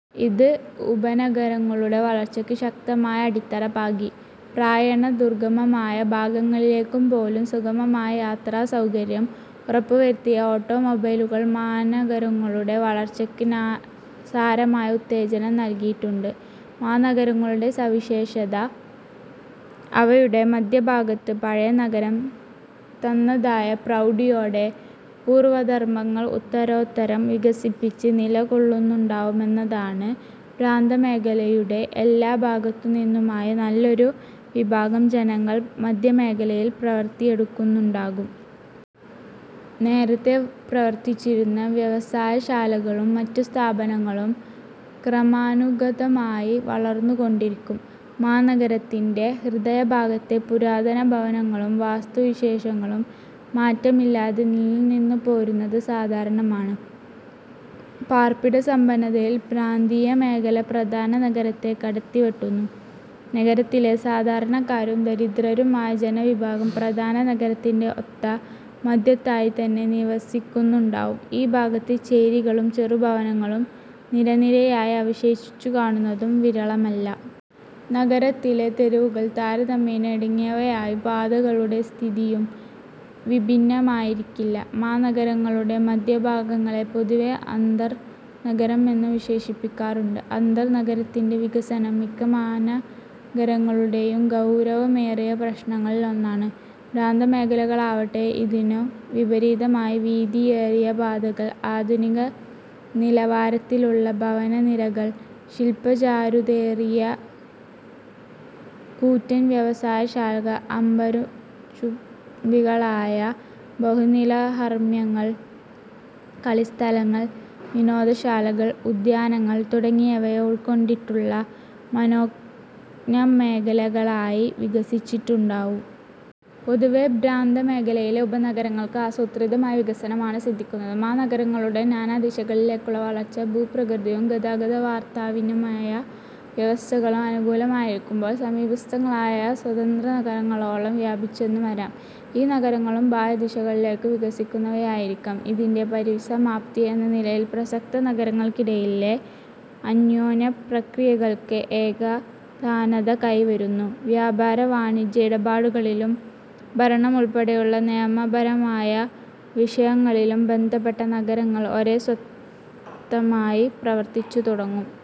ഇത് ഉപനഗരങ്ങളുടെ വളർച്ചയ്ക്ക് ശക്തമായ അടിത്തറ പാകി. പ്രായേണ ദുർഗമമായ ഭാഗങ്ങളിലേക്കുപോലും സുഗമമായ യാത്രാസൌകര്യം ഉറപ്പുവരുത്തിയ ഓട്ടോമൊബൈലുകൾ മാനഗരങ്ങളുടെ വളർച്ചയ്ക്ക് സാരമായ ഉത്തേജനം നല്കിയിട്ടുണ്ട്. മാനഗരങ്ങളുടെ സവിശേഷത അവയുടെ മധ്യഭാഗത്ത് പഴയ നഗരം തനതായ പ്രൗഢിയോടെ പൂർവധർമങ്ങൾ ഉത്തരോത്തരം വികസിപ്പിച്ച് നിലകൊള്ളുന്നുണ്ടാവുമെന്നതാണ്. പ്രാന്തമേഖലയുടെ എല്ലാ ഭാഗത്തുനിന്നുമായി നല്ലൊരു വിഭാഗം ജനങ്ങൾ മധ്യമേഖലയിൽ പ്രവൃത്തിയെടുക്കുന്നുണ്ടാകും. നേരത്തേ പ്രവർത്തിച്ചിരുന്ന വ്യവസായശാലകളും മറ്റു സ്ഥാപനങ്ങളും ക്രമാനുഗതമായി വളർന്നുകൊണ്ടിരിക്കും. മാനഗരത്തിന്റെ ഹൃദയഭാഗത്തെ പുരാതന ഭവനങ്ങളും വാസ്തുവിശേഷങ്ങളും മാറ്റമില്ലാതെ നിലനിന്നുപോരുന്നത് സാധാരണമാണ്. പാർപ്പിട സമ്പന്നതയിൽ പ്രാന്തീയമേഖല പ്രധാന നഗരത്തെ കടത്തിവെട്ടുന്നു. നഗരത്തിലെ സാധാരണക്കാരും ദരിദ്രരുമായ ജനവിഭാഗം പ്രധാന നഗരത്തിന്റെ ഒത്ത മധ്യത്തായിത്തന്നെ നിവസിക്കുന്നുണ്ടാവും. ഈ ഭാഗത്ത് ചേരികളും ചെറുഭവനങ്ങളും നിരനിരയായി അവശേഷിച്ചുകാണുന്നതും വിരളമല്ല. നഗരമധ്യത്തിലെ തെരുവുകൾ താരതമ്യേന ഇടുങ്ങിയവയാവും. പാതകളുടെ സ്ഥിതിയും വിഭിന്നമായിരിക്കില്ല. മാനഗരങ്ങളുടെ മധ്യഭാഗങ്ങളെ പൊതുവേ അന്തർനഗരം എന്നു വിശേഷിപ്പിക്കാറുണ്ട്. അന്തർനഗരത്തിന്റെ വികസനം മിക്ക മാനഗരങ്ങളുടെയും ഗൗരവമേറിയ പ്രശ്നങ്ങളിലൊന്നാണ്. പ്രാന്തമേഖലകളാവട്ടെ, ഇതിനു വിപരീതമായി വീതിയേറിയപാതകൾ, ആധുനിക നിലവാരത്തിലുള്ള ഭവനനിരകൾ, ശില്പചാരുതയേറിയ കൂറ്റൻ വ്യവസായശാലകൾ, അംബരചുംബികളായ ബഹുനിലഹർമ്മ്യങ്ങൾ, കളിസ്ഥലങ്ങൾ, വിനോദശാലകൾ, ഉദ്യാനങ്ങൾ തുടങ്ങിയവയെ ഉൾക്കൊണ്ടിട്ടുള്ള മനോജ്ഞമേഖലകളായി വികസിച്ചിട്ടുണ്ടാവും. പൊതുവേ, പ്രാന്തമേഖലയിലെ ഉപനഗരങ്ങൾക്ക് ആസൂത്രിതമായ വികസനമാണ് സിദ്ധിക്കുന്നത്. മാനഗരങ്ങളുടെ നാനാദിശകളിലേക്കുമുള്ള വളർച്ച, ഭൂപ്രകൃതിയും ഗതാഗത-വാർത്താവിനിമയ വ്യവസ്ഥകളും അനുകൂലമായിരിക്കുമ്പോൾ സമീപസ്ഥങ്ങളായ സ്വതന്ത്രനഗരങ്ങളോളം വ്യാപിച്ചെന്നു വരാം; ഈ നഗരങ്ങളും ബാഹ്യദിശകളിലേക്കു വികസിക്കുന്നവയായിരിക്കാം. ഇതിന്റെ പരിസമാപ്തി എന്ന നിലയിൽ പ്രസക്ത നഗരങ്ങൾക്കിടയിലെ അന്യോന്യപ്രക്രിയകൾക്ക് ഏകതാനത കൈവരുന്നു. വ്യാപാര വാണിജ്യ ഇടപാടുകളിലും ഭരണമുൾപ്പെടെയുള്ള നയപരമായ വിഷയങ്ങളിലും ബന്ധപ്പെട്ട നഗരങ്ങൾ ഒരേ സ്വത്തമായി പ്രവർത്തിച്ചുതുടങ്ങും.